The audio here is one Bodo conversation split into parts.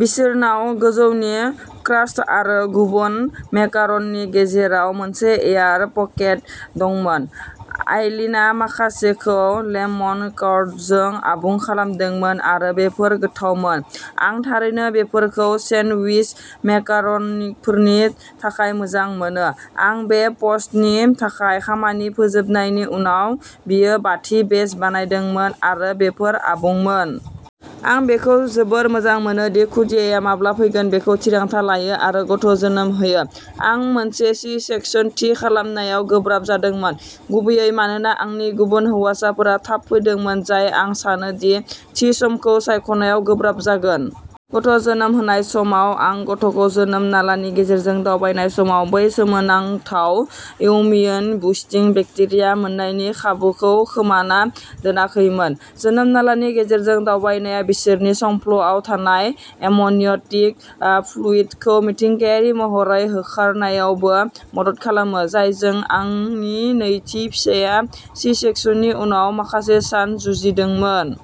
बिसोरनाव गोजौनि क्रस्ट आरो गुबुन मेकार'ननि गेजेराव मोनसे एयार पकेट दंमोन। आइलीनआ माखासेखौ लेमन कर्डजों आबुं खालामदोंमोन आरो बेफोर गोथावमोन! आं थारैनो बेफोरखौ सेन्डविच मेकार'नफोरनि थाखाय मोजां मोनो। आं बे पस्टनि थाखाय खामानि फोजोबनायनि उनाव बियो बाथि बेच बानायदोंमोन आरो बेफोर आबुंमोन। आं बेखौ जोबोद मोजां मोनो दि खुदियाया माब्ला फैगोन बेखौ थिरांथा लायो आरो गथ'जोनोम होयो। आं मोनसे सि-सेकसन थि खालामनायाव गोब्राब जादोंमोन, गुबैयै मानोना आंनि गुबुन हौवासाफोरा थाब फैदोंमोन, जाय आं सानो दि थि समखौ सायख'नायाव गोब्राब जागोन। गथ'जोनोम होनाय समाव आं गथ'खौ जोनोम नालानि गेजेरजों दावबायनाय समाव बै सोमोनांथाव इमिउन बुस्टिं बेक्टेरिया मोननायनि खाबुखौ खोमाना दोनाखैमोन। जोनोम नालानि गेजेरजों दावबायनाया बिसोरनि संफ्ल'आव थानाय एमनिय'टिक फ्लुइडखौ मिथिंगायारि महरै होखारनायावबो मदद खालामो, जायजों आंनि नैथि फिसाया सि-सेकसननि उनाव माखासे सान जुजिदोंमोन।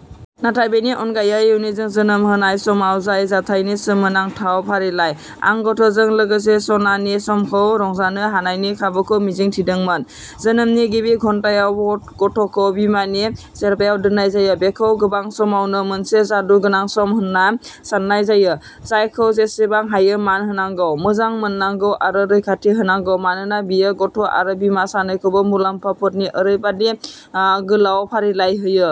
नाथाय बेनि अनगायै। योनिजों जोनोम होनाय समाव जानाय जाथायफोरनि सोमोनांथाव फारिलाइ, आं गथ'जों लोगोसे सनानि समखौ रंजानो हानायनि खाबुखौ मिजिं थिदोंमोन। जोनोमनि गिबि घन्टायाव गथ'खौ बिमानि जेरबायाव दोननाय जायो, बेखौ गोबां समावनो मोनसे "जादुगोनां" सम होनना साननाय जायो, जायखौ जेसेबां हायो मान होनांगौ, मोजां मोननांगौ आरो रैखाथि होनांगौ मानोना बेयो गथ'आरो बिमा सानैखौबो मुलाम्फाफोरनि ओरैबायदि गोलाव फारिलाइ होयो।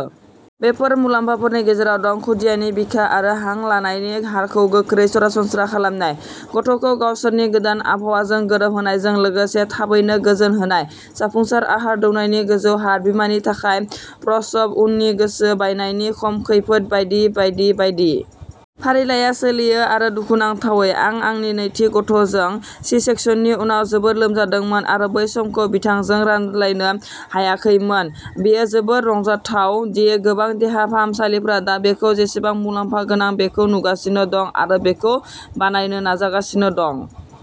बेफोर मुलाम्फाफोरनि गेजेराव दं, खुदियानि बिखा आरो हां लानायनि हारखौ गोख्रै सरासनस्रा खालामनाय, गथ'खौ गावसोरनि गोदान आबहावाजों गोरोबहोनायजों लोगोसे थाबैनो गोजोन होनाय, जाफुंसार आहार दौनायनि गोजौ हार, बिमानि थाखाय प्रसब-उननि गोसो बायनायनि खम खैफोद बायदि बायदि बायदि। फारिलाइआ सोलियो आरो दुखुनांथावै, आं आंनि नैथि गथ'जों सि-सेकसननि उनाव जोबोद लोमजादोंमोन आरो बै समखौ बिथांजों रानलायनो हायाखैमोन। बेयो जोबोद रंजाथाव दि गोबां देहा फाहामसालिफोरा दा बेखौ बेसेबां मुलाम्फा गोनां बेखौ नुगासिनो दं आरो बेखौ बानायनो नाजागासिनो दं।